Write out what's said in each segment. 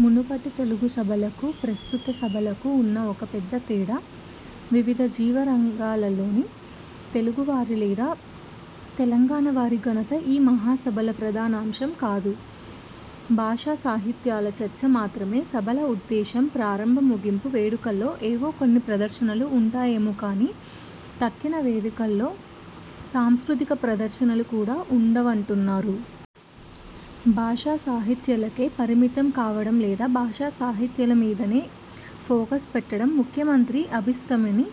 మునుపటి తెలుగు సభలకు, ప్రస్తుత సభలకు ఉన్న ఒక పెద్దతేడా, వివిధ జీవనరంగాలలోని తెలుగు వారి లేదా తెలంగాణ వారి ఘనత ఈ మహాసభల ప్రధానాంశం కాదు. భాషాసాహిత్యాల చర్చ మాత్రమే సభల ఉద్దేశ్యం. ప్రారంభ, ముగింపు వేడుకల్లో ఏవో కొన్ని ప్రదర్శనలు ఉంటాయేమో కానీ, తక్కిన వేదికల్లో సాంస్కృతిక ప్రదర్శనలు కూడా ఉండవంటున్నారు. భాషాసాహిత్యాలకే పరిమితం కావడం లేదా భాషాసాహిత్యాల మీదనే ఫోకస్ పెట్టడం– ముఖ్యమంత్రి అభీష్టమని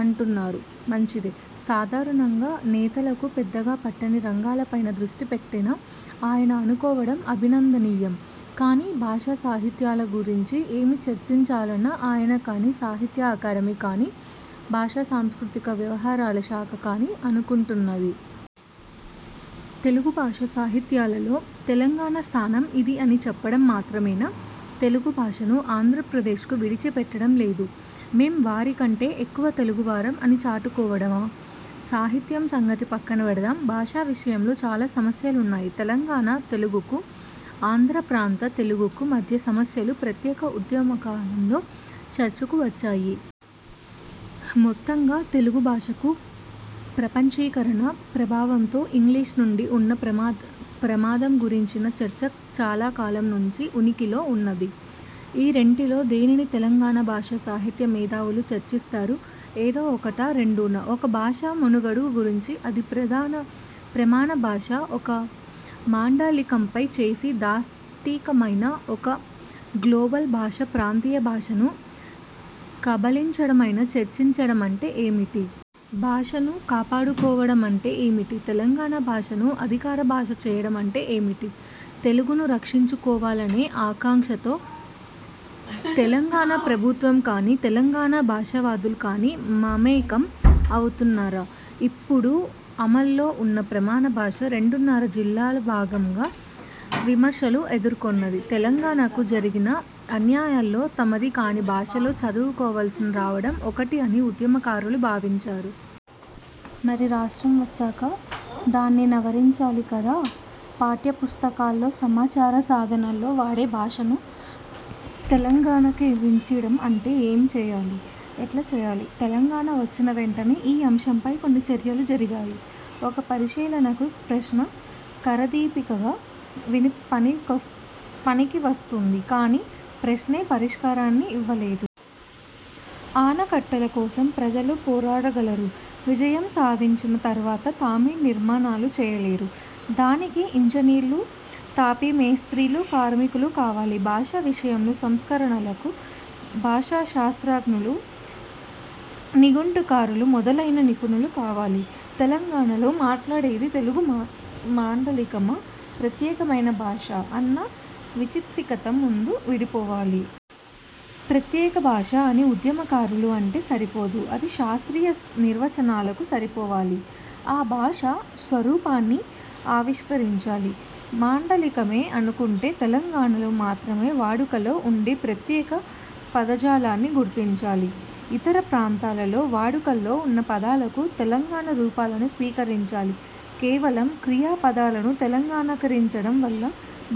అంటున్నారు. మంచిదే. సాధారణంగా నేతలకు పెద్దగా పట్టని రంగాలపైనే దృష్టిపెట్టాలని ఆయన అనుకోవడం అభినందనీయం. కానీ, భాషాసాహిత్యాల గురించి ఏమి చర్చించాలని ఆయన కానీ, సాహిత్య అకాడమీ కానీ, భాషాసాంస్కృతిక వ్యవహారాల శాఖ కానీ అనుకుంటున్నది? తెలుగుభాషా సాహిత్యాలలో తెలంగాణ స్థానం ఇదీ అని చెప్పడం మాత్రమేనా, తెలుగు భాషను ఆంధ్రప్రదేశ్కు విడిచిపెట్టడం లేదు, మేం వారి కంటె ఎక్కువ తెలుగువారం అని చాటుకోవడమా? సాహిత్యం సంగతి పక్కనబెడదాం. భాష విషయంలో చాలా సమస్యలున్నాయి. తెలంగాణ తెలుగుకు, ఆంధ్రప్రాంత తెలుగుకు మధ్య సమస్యలు ప్రత్యేక ఉద్యమకాలంలో చర్చకు వచ్చాయి. మొత్తంగా తెలుగు భాషకు– ప్రపంచీకరణ ప్రభావంతో ఇంగ్లీషు నుంచి ఉన్న ప్రమాదం గురించిన చర్చ చాలాకాలం నుంచి ఉనికిలో ఉన్నది. ఈ రెంటిలో దేనిని తెలంగాణ భాషాసాహిత్య మేధావులు చర్చిస్తారు? ఏదో ఒకటా, రెండూనా? ఒక భాష మనుగడ గురించి, అది ప్రమాణభాష ఒక మాండలికంపై చేసే దాష్టీకమైనా, ఒక గ్లోబల్ భాష ప్రాంతీయ భాషను కబళించడమైనా, చర్చించడమంటే ఏమిటి? భాషను కాపాడుకోవడమంటే ఏమిటి? 'తెలంగాణ భాష'ను అధికారభాష చేయడమంటే ఏమిటి? తెలుగును రక్షించుకోవాలనే ఆకాంక్షతో తెలంగాణ ప్రభుత్వం కానీ, తెలంగాణ భాషావాదులు కానీ మమేకం అవుతున్నారా? ఇప్పుడు అమలులో ఉన్న ప్రమాణ భాష 'రెండున్నర జిల్లాల' భాషగా విమర్శలు ఎదుర్కొన్నది. తెలంగాణకు జరిగిన అన్యాయాల్లో తమది కాని భాషలో చదువుకోవలసి రావడం ఒకటి అని ఉద్యమకారులు భావించారు. మరి రాష్ట్రం వచ్చాక, దాన్ని సవరించాలి కదా? పాఠ్యపుస్తకాల్లో, సమాచార సాధనాల్లో వాడే భాషను తెలంగాణీకరించడం అంటే ఏమి చేయాలి, ఎట్లా చేయాలి? తెలంగాణ వచ్చిన వెంటనే ఈ అంశంపై కొన్ని చర్చలు జరిగాయి. ఒక పరిశీలనకు ప్రశ్న కరదీపికగా పనికివస్తుంది కానీ, ప్రశ్నే పరిష్కారాన్ని ఇవ్వలేదు. ఆనకట్టల కోసం ప్రజలు పోరాడగలరు, విజయం సాధించిన తరువాత తామే నిర్మాణాలు చేయలేరు. దానికి ఇంజనీర్లు, తాపీమేస్త్రీలు, కార్మికులు కావాలి. భాష విషయంలో సంస్కరణలకు భాషాశాస్త్రజ్ఞులు, నిఘంటుకారులు మొదలైన నిపుణులు కావాలి. తెలంగాణలో మాట్లాడేది తెలుగు మాండలికమా? ప్రత్యేకమైన భాషా– అన్న విచికిత్స ముందు విడిపోవాలి. ప్రత్యేకభాష అని ఉద్యమకారులు అంటే సరిపోదు. అది శాస్త్రీయ నిర్వచనాలకు సరిపోవాలి. ఆ భాష స్వరూపాన్ని ఆవిష్కరించాలి. మాండలికమే అనుకుంటే, తెలంగాణలో మాత్రమే వాడుకలో ఉండే ప్రత్యేక పదజాలాన్ని గుర్తించాలి. ఇతర ప్రాంతాలలో వాడుకలో ఉన్న పదాలకు తెలంగాణ రూపాలను స్వీకరించాలి. కేవలం క్రియాపదాలను తెలంగాణీకరించడం వల్ల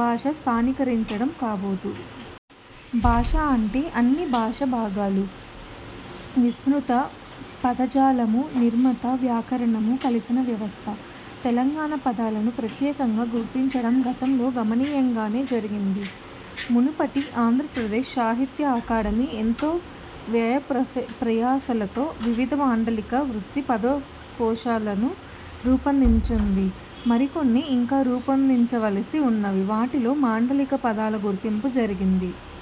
భాష స్థానికీకరించడం కాబోదు. భాష అంటే అన్ని భాషాభాగాలూ, విస్తృత పదజాలమూ, నిర్మిత వ్యాకరణమూ కలసిన వ్యవస్థ. తెలంగాణ పదాలను ప్రత్యేకంగా గుర్తించడం గతంలో గణనీయంగానే జరిగింది. మునుపటి ఆంధ్రప్రదేశ్ సాహిత్య అకాడమీ ఎంతో వ్యయప్రయాసలతో వివిధ మాండలిక వృత్తి పదకోశాలను రూపొందించింది. మరికొన్ని ఇంకా రూపొందించవలసి ఉన్నవి. వాటిలో మాండలిక పదాల గుర్తింపు జరిగింది.